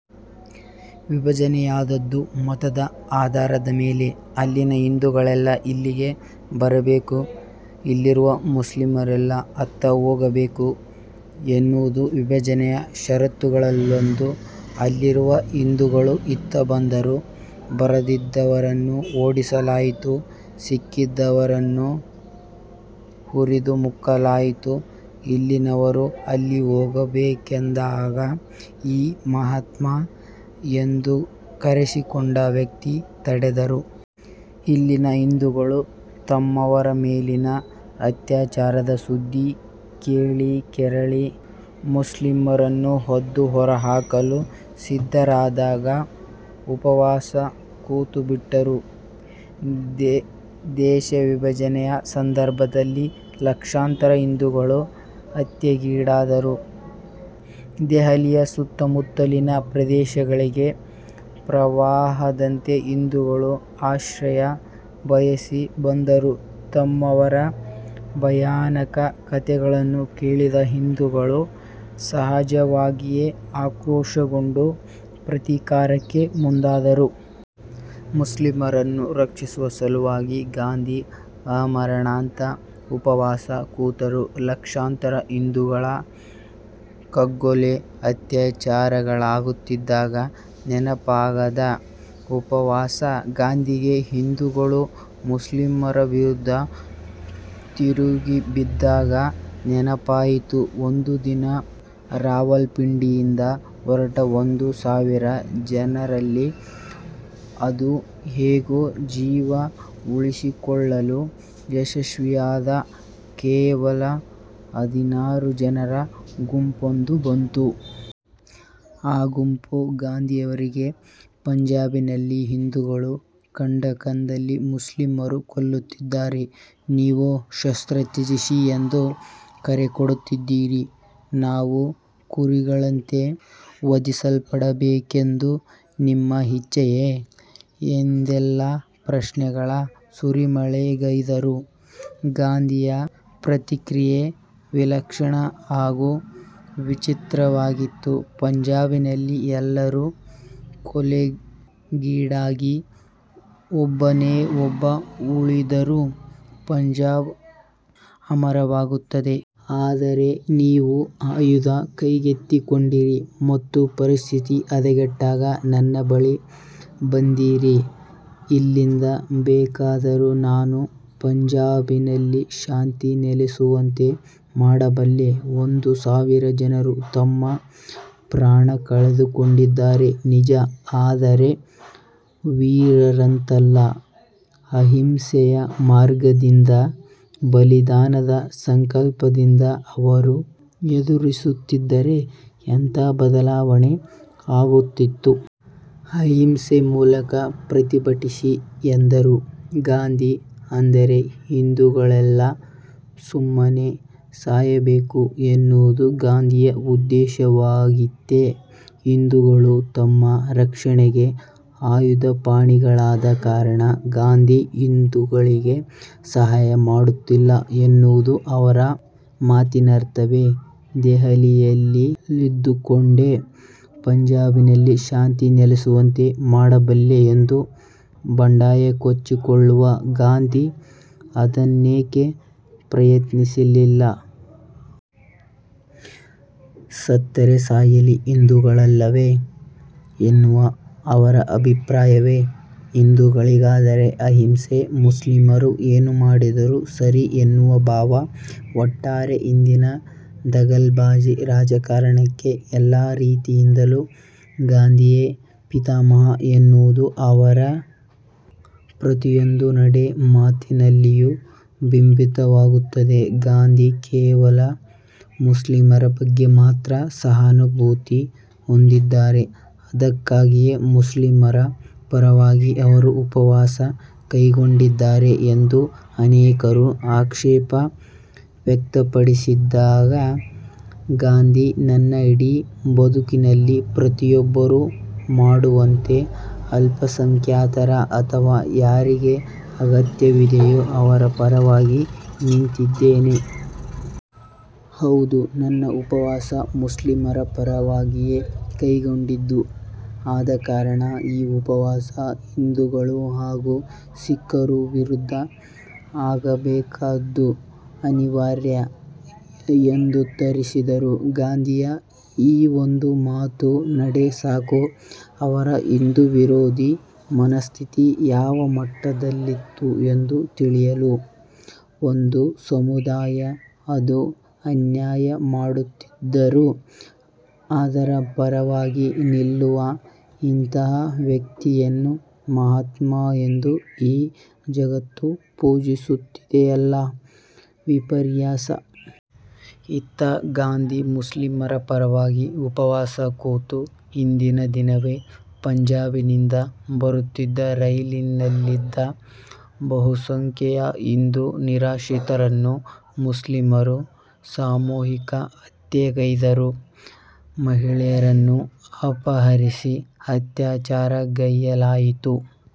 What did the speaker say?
ವಿಭಜನೆಯಾದದ್ದು ಮತದ ಆಧಾರದ ಮೇಲೆ. ಅಲ್ಲಿನ ಹಿಂದೂಗಳೆಲ್ಲಾ ಇಲ್ಲಿಗೆ ಬರಬೇಕು. ಇಲ್ಲಿರುವ ಮುಸ್ಲಿಮರೆಲ್ಲಾ ಅತ್ತ ಹೋಗಬೇಕು ಎನ್ನುವುದೂ ವಿಭಜನೆಯ ಷರತ್ತುಗಳಲ್ಲೊಂದು. ಅಲ್ಲಿರುವ ಹಿಂದೂಗಳು ಇತ್ತ ಬಂದರು. ಬರದಿದ್ದವರನ್ನು ಓಡಿಸಲಾಯಿತು. ಸಿಕ್ಕಿದವರನ್ನು ಹುರಿದು ಮುಕ್ಕಲಾಯಿತು. ಇಲ್ಲಿನವರು ಅಲ್ಲಿ ಹೋಗಬೇಕೆಂದಾಗ ಈ ಮಹಾತ್ಮ ಎಂದು ಕರೆಸಿಕೊಂಡ ವ್ಯಕ್ತಿ ತಡೆದರು. ಇಲ್ಲಿನ ಹಿಂದೂಗಳು ತಮ್ಮವರ ಮೇಲಿನ ಅತ್ಯಾಚಾರದ ಸುದ್ದಿ ಕೇಳಿ ಕೆರಳಿ ಮುಸ್ಲಿಮರನ್ನು ಒದ್ದು ಹೊರಹಾಕಲು ಸಿದ್ಧರಾದಾಗ ಉಪವಾಸ ಕೂತುಬಿಟ್ಟರು. ದೇಶವಿಭಜನೆಯ ಸಂದರ್ಭದಲ್ಲಿ ಲಕ್ಷಾಂತರ ಹಿಂದೂಗಳು ಹತ್ಯೆಗೀಡಾದರು. ದೆಹಲಿಯ ಸುತ್ತಮುತ್ತಲಿನ ಪ್ರದೇಶಗಳಿಗೆ ಪ್ರವಾಹದಂತೆ ಹಿಂದೂಗಳು ಆಶ್ರಯ ಬಯಸಿ ಬಂದರು. ತಮ್ಮವರ ಭಯಾನಕ ಕಥೆಗಳನ್ನು ಕೇಳಿದ ಹಿಂದೂಗಳು ಸಹಜವಾಗಿಯೇ ಆಕ್ರೋಶಗೊಂಡು ಪ್ರತೀಕಾರಕ್ಕೆ ಮುಂದಾದರು. ಮುಸ್ಲಿಮರನ್ನು ರಕ್ಷಿಸುವ ಸಲುವಾಗಿ ಗಾಂಧಿ ಆಮರಣಾಂತ ಉಪವಾಸ ಕೂತರು. ಲಕ್ಷಾಂತರ ಹಿಂದೂಗಳ ಕಗ್ಗೊಲೆ, ಅತ್ಯಾಚಾರಗಳಾಗುತ್ತಿದ್ದಾಗ ನೆನಪಾಗದ ಉಪವಾಸ ಗಾಂಧಿಗೆ ಹಿಂದೂಗಳು ಮುಸ್ಲಿಮರ ವಿರುದ್ಧ ತಿರುಗಿಬಿದ್ದಾಗ ನೆನಪಾಯಿತು! ಒಂದು ದಿನ ರಾವಲ್ಪಿಂಡಿಯಿಂದ ಹೊರಟ ಒಂದು ಸಾವಿರ ಜನರಲ್ಲಿ ಅದು ಹೇಗೋ ಜೀವ ಉಳಿಸಿಕೊಳ್ಳಲು ಯಶಸ್ವಿಯಾದ ಕೇವಲ ಹದಿನಾರು ಜನರ ಗುಂಪೊಂದು ಬಂತು. ಅ ಗುಂಪು ಗಾಂಧಿಯವರಿಗೆ " ಪಂಜಾಬಿನಲ್ಲಿ ಹಿಂದೂಗಳನ್ನು ಕಂಡಕಂದಲ್ಲಿ ಮುಸ್ಲಿಮರು ಕೊಲ್ಲುತ್ತಿದ್ದಾರೆ. ನೀವೋ ಶಸ್ತ್ರ ತ್ಯಜಿಸಿ ಎಂದು ಕರೆಕೊಡುತ್ತಿದ್ದೀರಿ. ನಾವು ಕುರಿಗಳಂತೆ ವಧಿಸಲ್ಪಡಬೇಕೆಂದು ನಿಮ್ಮ ಇಚ್ಛೆಯೇ? " ಎಂದೆಲ್ಲಾ ಪ್ರಶ್ನೆಗಳ ಸುರಿಮಳೆಗೈದರು. ಗಾಂಧಿಯ ಪ್ರತಿಕ್ರಿಯೆ ವಿಲಕ್ಷಣ ಹಾಗೂ ವಿಚಿತ್ರವಾಗಿತ್ತು. "ಪಂಜಾಬಿನಲ್ಲಿ ಎಲ್ಲರೂ ಕೊಲೆಗೀಡಾಗಿ ಒಬ್ಬನೇ ಒಬ್ಬ ಉಳಿದರೂ ಪಂಜಾಬ್ ಅಮರವಾಗುತ್ತದೆ. ಆದರೆ ನೀವು ಆಯುಧ ಕೈಗೆತ್ತಿಕೊಂಡಿರಿ ಮತ್ತು ಪರಿಸ್ಥಿತಿ ಹದಗೆಟ್ಟಾಗ ನನ್ನ ಬಳಿ ಬಂದಿರಿ. ಇಲ್ಲಿಂದ ಬೇಕಾದರೂ ನಾನು ಪಂಜಾಬಿನಲ್ಲಿ ಶಾಂತಿ ನೆಲೆಸುವಂತೆ ಮಾಡಬಲ್ಲೆ. ಒಂದು ಸಾವಿರ ಜನರು ತಮ್ಮ ಪ್ರಾಣ ಕಳೆದುಕೊಂಡಿದ್ದಾರೆ ನಿಜ. ಆದರೆ ವೀರರಂತಲ್ಲ. ಅಹಿಂಸೆಯ ಮಾರ್ಗದಿಂದ, ಬಲಿದಾನದ ಸಂಕಲ್ಪದಿಂದ ಅವರು ಎದುರಿಸುತ್ತಿದ್ದರೆ ಎಂಥ ಬದಲಾವಣೆ ಆಗುತ್ತಿತ್ತು. ಅಹಿಂಸೆ ಮೂಲಕ ಪ್ರತಿಭಟಿಸಿ" ಎಂದರು ಗಾಂಧಿ.. ಅಂದರೆ ಹಿಂದೂಗಳೆಲ್ಲಾ ಸುಮ್ಮನೆ ಸಾಯಬೇಕು ಎನ್ನುವುದು ಗಾಂಧಿಯ ಉದ್ದೇಶವಾಗಿತ್ತೇ? ಹಿಂದೂಗಳು ತಮ್ಮ ರಕ್ಷಣೆಗೆ ಆಯುಧಪಾಣಿಗಳಾದ ಕಾರಣ ಗಾಂಧಿ ಹಿಂದೂಗಳಿಗೆ ಸಹಾಯ ಮಾಡುತ್ತಿಲ್ಲ ಎನ್ನುವುದು ಅವರ ಮಾತಿನರ್ಥವೇ? ದೆಹಲಿಯಲ್ಲಿದ್ದುಕೊಂಡೇ ಪಂಜಾಬಿನಲ್ಲಿ ಶಾಂತಿ ನೆಲೆಸುವಂತೆ ಮಾಡಬಲ್ಲೆ ಎಂದು ಬಡಾಯಿಕೊಚ್ಚಿಕೊಳ್ಳುವ ಗಾಂಧಿ ಅದನ್ನೇಕೆ ಪ್ರಯತ್ನಿಸಲಿಲ್ಲ. ಸತ್ತರೆ ಸಾಯಲಿ, ಹಿಂದೂಗಳಲ್ಲವೇ ಎನ್ನುವುದು ಅವರ ಅಭಿಪ್ರಾಯವೇ? ಹಿಂದೂಗಳಿಗಾದರೆ ಅಹಿಂಸೆ, ಮುಸ್ಲಿಮರು ಏನು ಮಾಡಿದರೂ ಸರಿ ಎನ್ನುವ ಭಾವ! ಒಟ್ಟಾರೆ ಇಂದಿನ ದಗಲ್ಬಾಜಿ ರಾಜಕಾರಣಕ್ಕೆ ಎಲ್ಲಾ ರೀತಿಯಿಂದಲೂ ಗಾಂಧಿಯೇ ಪಿತಾಮಹ ಎನ್ನುವುದು ಅವರ ಪ್ರತಿಯೊಂದು ನಡೆ, ಮಾತಿನಲ್ಲಿಯೂ ಬಿಂಬಿತವಾಗುತ್ತದೆ. ಗಾಂಧಿ ಕೇವಲ ಮುಸ್ಲಿಮರ ಬಗ್ಗೆ ಮಾತ್ರ ಸಹಾನುಭೂತಿ ಹೊಂದಿದ್ದಾರೆ, ಅದಕ್ಕಾಗಿಯೇ ಮುಸ್ಲಿಮರ ಪರವಾಗಿ ಅವರು ಉಪವಾಸ ಕೈಗೊಂಡಿದ್ದಾರೆ ಎಂದು ಅನೇಕರು ಆಕ್ಷೇಪ ವ್ಯಕ್ತಪಡಿಸಿದಾಗ ಗಾಂಧಿ, "ನನ್ನ ಇಡೀ ಬದುಕಿನಲ್ಲಿ ಪ್ರತಿಯೊಬ್ಬರೂ ಮಾಡುವಂತೆ ಅಲ್ಪಸಂಖ್ಯಾತರ ಅಥವಾ ಯಾರಿಗೆ ಅಗತ್ಯವಿದೆಯೋ ಅವರ ಪರವಾಗಿ ನಿಂತಿದ್ದೇನೆ. ಹೌದು ನನ್ನ ಉಪವಾಸ ಮುಸ್ಲಿಮರ ಪರವಾಗಿಯೇ ಕೈಗೊಂಡಿದ್ದು. ಆದಕಾರಣ ಈ ಉಪವಾಸ ಹಿಂದೂಗಳು ಹಾಗೂ ಸಿಖ್ಖರ ವಿರುದ್ಧ ಆಗಬೇಕಾದ್ದು ಅನಿವಾರ್ಯ" ಎಂದುತ್ತರಿಸಿದರು.. ಗಾಂಧಿಯ ಈ ಒಂದು ಮಾತು-ನಡೆ ಸಾಕು, ಅವರ ಹಿಂದೂ ವಿರೋಧಿ ಮನಸ್ಥಿತಿ ಯಾವ ಮಟ್ಟದಲ್ಲಿತ್ತು ಎಂದು ತಿಳಿಯಲು. ಒಂದು ಸಮುದಾಯ ಅದು ಅನ್ಯಾಯ ಮಾಡುತ್ತಿದ್ದರೂ, ಅದರ ಪರವಾಗಿ ನಿಲ್ಲುವ ಇಂತಹ ವ್ಯಕ್ತಿಯನ್ನು ಮಹಾತ್ಮ ಎಂದು ಈ ಜಗತ್ತು ಪೂಜಿಸುತ್ತಿದೆಯಲ್ಲ, ವಿಪರ್ಯಾಸ! ಇತ್ತ ಗಾಂಧಿ ಮುಸ್ಲಿಮರ ಪರವಾಗಿ ಉಪವಾಸ ಕೂತ ಹಿಂದಿನ ದಿನವೇ ಪಂಜಾಬಿನಿಂದ ಬರುತ್ತಿದ್ದ ರೈಲಿನಲ್ಲಿದ್ದ ಬಹುಸಂಖ್ಯೆಯ ಹಿಂದೂ ನಿರಾಶ್ರಿತರನ್ನು ಮುಸ್ಲಿಮರು ಸಾಮೂಹಿಕ ಹತ್ಯೆಗೈದರು. ಮಹಿಳೆಯರನ್ನು ಅಪಹರಿಸಿ ಅತ್ಯಾಚಾರಗೈಯ್ಯಲಾಯಿತು.